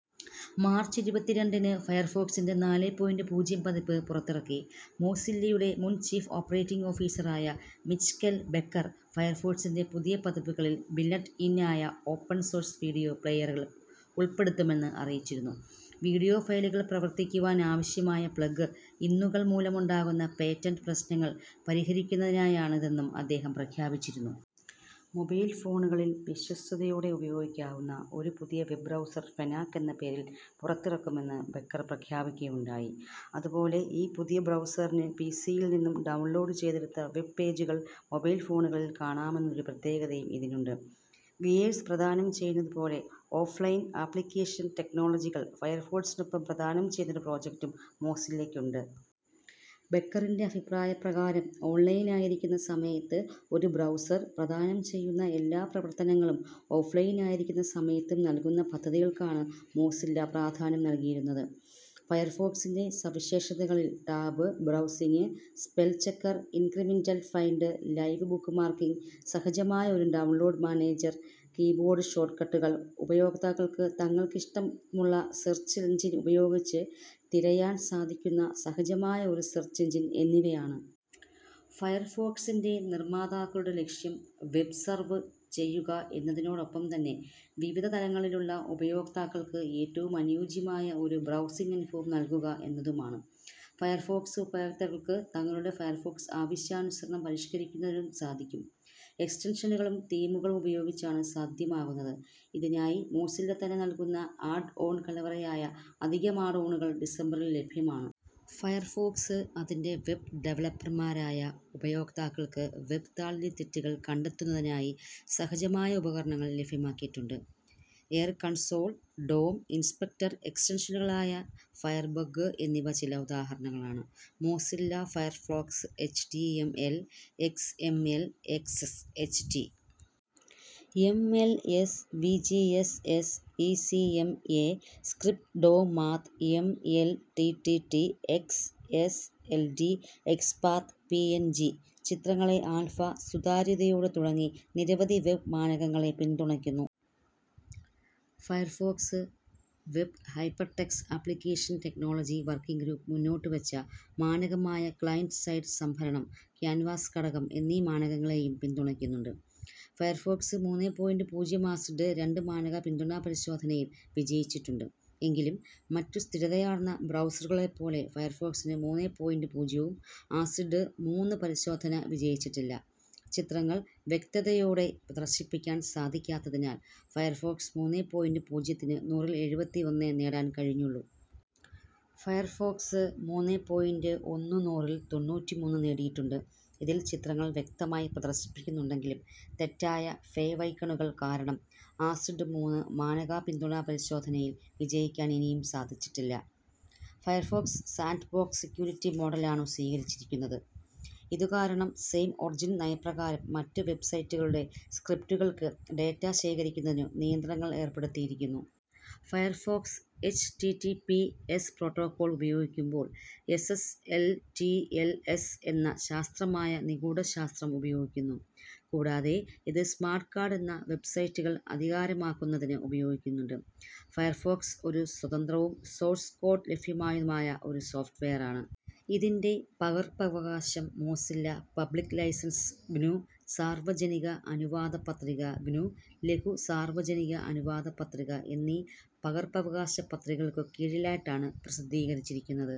March ഇരുപത്തി രണ്ടിന് ഫയർഫോക്സിൻ്റെ നാലേ പോയിന്റ് പൂജ്യം പതിപ്പ് പുറത്തിറക്കി. മോസില്ലയുടെ മുൻ ചീഫ് ഓപ്പറേറ്റിംഗ് ഓഫീസർ ആയ മിച്ച്കെൽ ബെക്കർ, ഫയർഫോക്സിൻ്റെ പുതിയ പതിപ്പുകളിൽ ബിൽട്ട് ഇൻ ആയ ഓപ്പൺ സോഴ്സ് വീഡിയോ പ്ലേയറുകൾ ഉൾപ്പെടുത്തുമെന്ന് അറിയിച്ചിരുന്നു. വീഡിയോ ഫയലുകൾ പ്രവർത്തിക്കുവാൻ ആവശ്യമായ പ്ലഗ് ഇന്നുകൾ മൂലമുണ്ടകുന്ന പേറ്റന്റ് പ്രശ്നങ്ങൾ പരിഹരിക്കുന്നതിനായാണ് ഇതെന്നും അദ്ദേഹം പ്രഖ്യാപിച്ചിരുന്നു. മൊബൈൽ ഫോണുകളിൽ വിശ്വാസ്യതയോടെ ഉപയോഗിക്കാവുന്ന ഒരു പുതിയ വെബ്ബ് ബ്രൗസർ ഫെന്നാക് എന്ന പേരിൽ പുറത്തിറക്കുമെന്നും ബെക്കർ പ്രഖ്യാപിക്കുകയുണ്ടായി. അതുപോലെ ഈ പുതിയ ബ്രൗസറിന് പി സി യിൽ നിന്നും ഡൗൺലോഡ് ചെയ്തെടുത്ത വെബ്ബ് പേജുകൾ, മൊബൽഫോണുകളിൽ കാണാമെന്നൊരു പ്രത്യേകതയും ഇതിനുണ്ട്. ഗിയേർസ് പ്രദാനം ചെയ്യുന്നതു പോലെ ഓഫ്ലൈൻ ആപ്ലിക്കേഷൻ ടെക്നോളജികൾ ഫയർഫോക്സിനൊപ്പം പ്രദാനം ചെയ്യുന്നൊരു പ്രൊജക്ടും മോസില്ലക്കുണ്ട്. ബെക്കറിൻ്റെ അഭിപ്രായ പ്രകാരം ഓൺലൈൻ ആയിരിക്കുന്ന സമയത്ത് ഒരു ബ്രൗസർ പ്രദാനം ചെയ്യുന്ന എല്ലാ പ്രവർത്തനങ്ങളും ഓഫ്ലൈൻ ആയിരിക്കുന്ന സമയത്തും നൽകുന്ന പദ്ധതികൾക്കാണ് മോസില്ല പ്രാധാന്യം നൽകിയിരിക്കുന്നത്. ഫയർഫോക്സിൻ്റെ സവിശേഷതകളിൽ tab browsing, spell checker, incremental find, live bookmarking, സഹജമായ ഒരു ഡൗൺലോഡ് മാനേജർ, കീബോർഡ് ഷോട്ട്കട്ടുകൾ, ഉപയോക്താക്കൾക്ക് തങ്ങൾക്ക് ഇഷ്ടമുള്ള സെർച്ച് എഞ്ചിൻ ഉപയോഗിച്ച് തിരയാൻ സാധിക്കുന്ന സഹജമായ ഒരു സെർച്ച് എഞ്ചിൻ എന്നിവയാണ്. ഫയർഫോക്സിൻ്റെ നിർമ്മാതാക്കളുടെ ലക്ഷ്യം വെബ്ബ് സർഫ് ചെയ്യുക എന്നതിനോടൊപ്പം തന്നെ വിവിധ തലങ്ങളിലുള്ള ഉപയോക്താക്കൾക്ക് ഏറ്റവും അനുയോജ്യമായ ഒരു ബ്രൗസിങ്ങ് അനുഭവം നൽകുക എന്നതുമാണ്. ഫയർഫോക്സ് ഉപയോക്താക്കൾക്ക് തങ്ങളുടെ ഫയർഫോക്സ് ആവശ്യാനുസരണം പരിഷ്കരിക്കുന്നതിനും സാധിക്കും. എക്സ്റ്റൻഷനുകളും, തീമുകളും ഉപയോഗിച്ചാണിത് സാദ്ധ്യമാകുന്നത്. ഇതിനായി മോസില്ല തന്നെ നൽകുന്ന ആഡ് ഓൺ കലവറയായ അധികം ആഡ് ഓണുകൾ ഡിസംബറിൽ ലഭ്യമാണ്. ഫയർഫോക്സ് അതിന്റെ വെബ്ബ് ഡവലപ്പർമാരായ ഉപയോക്താക്കൾക്ക് വെബ്ബ് താളിലെ തെറ്റുകൾ കണ്ടെത്തുന്നതിനായി സഹജമായ ഉപകരണങ്ങൾ ലഭ്യമാക്കിയിട്ടുണ്ട്. എറർ കൺസോൾ, ഡോം ഇൻസ്പെക്ടർ എക്സ്റ്റൻഷനുകളായ ഫയർബഗ്ഗ് എന്നിവ ചില ഉദാഹരണങ്ങളാണ്. Mozilla Firefox H T M L, X M. L., X. H. T. M. L S. V. G. S. S., E. C. M. A script, DOM, math. M. L., D T D, X S L T, XPath, P N G ചിത്രങ്ങളെ alpha സുതാര്യതയോടെ. തുടങ്ങി നിരവധി web മാനകങ്ങളെ പിന്തുണക്കുന്നു. Firefox web hypertext application technology working group മുന്നോട്ടു വെച്ച മാനകമായ client side സംഭരണം, canvas ഘടകം എന്നീ മാനകങ്ങളെയും പിന്തുണക്കുന്നുണ്ട്. ഫയർഫോക്സ് മൂന്നേ പോയിന്റ് പൂജ്യം ആസിഡ് രണ്ട് മാനക പിന്തുണാപരിശോധനയിൽ വിജയിച്ചിട്ടുണ്ട്. എങ്കിലും, മറ്റു സ്ഥിരതയാർന്ന ബ്രൗസറുകളെപ്പോലെ ഫയർഫോക്സ് മൂന്നേ പോയിന്റ് പൂജ്യവും ആസിഡ് മൂന്ന് പരിശോധന വിജയിച്ചിട്ടില്ല; ചിത്രങ്ങൾ വ്യക്തതയോടെ പ്രദർശിപ്പിക്കാൻ സാധിക്കാത്തതിനാൽ ഫയർഫോക്സ് മൂന്നേ പോയിന്റ് പൂജ്യത്തിന് നൂറിൽ എഴുപത്തി ഒന്ന് നേടാനേ കഴിഞ്ഞുള്ളൂ. ഫയർഫോക്സ് മൂന്നേ പോയിന്റ് ഒന്ന് നൂറിൽ തൊണ്ണൂറ്റി മൂന്ന് നേടിയിട്ടുണ്ട്. ഇതിൽ ചിത്രങ്ങൾ വ്യക്തമായി പ്രദർശിപ്പിക്കുന്നുണ്ടെങ്കിലും തെറ്റായ ഫേവൈക്കണുകൾ കാരണം ആസിഡ് മൂന്ന് മാനക പിന്തുണാപരിശോധനയിൽ വിജയിക്കാൻ ഇതിനും സാധിച്ചിട്ടില്ല. ഫയർഫോക്സ് സാന്റ്ബോക്സ് സെക്യൂരിറ്റി മോഡൽ ആണു സ്വീകരിച്ചിരിക്കുന്നത്, ഇതു കാരണം സേം ഒറിജിൻ നയപ്രകാരം മറ്റു വെബ്ബ്സൈറ്റുകളുടെ സ്ക്രിപ്റ്റുകൾക്ക് ഡേറ്റ ശേഖരിക്കുന്നതിനു നിയന്ത്രണങ്ങൾ ഏർപ്പെടുത്തിരിക്കുന്നു. Firefox, H T T P S protocol ഉപയോഗിക്കുമ്പോൾ S S L T L S എന്ന ശാസ്ത്രമായ നിഗൂഡശാസ്ത്രം ഉപയോഗിക്കുന്നു. കൂടാതെ ഇത് സ്മാർട്ട് കാർഡ് എന്ന വെബ്സൈറ്റുകൾ ആധികാരികമാക്കുന്നതിന് ഉപയോഗിക്കുന്നുണ്ട്. ഫയർഫോക്സ് ഒരു സ്വതന്ത്രവും, സോഴ്സ് കോഡ് ലഭ്യമായതുമായ ഒരു സോഫ്റ്റ് വെയർ ആണ്. ഇതിൻ്റെ പകർപ്പവകാശം മോസില്ല പബ്ലിക്ക് ലൈസൻസ്, ഗ്നു സാർവ്വജനിക അനുവാദ പത്രിക, ഗ്നു ലഘു സാർവ്വജനിക അനുവാദ പത്രിക എന്നീ പകർപ്പവകാശ പത്രികകൾക്കു കീഴിലായിട്ടാണ് പ്രസിദ്ധീകരിക്കുന്നത്.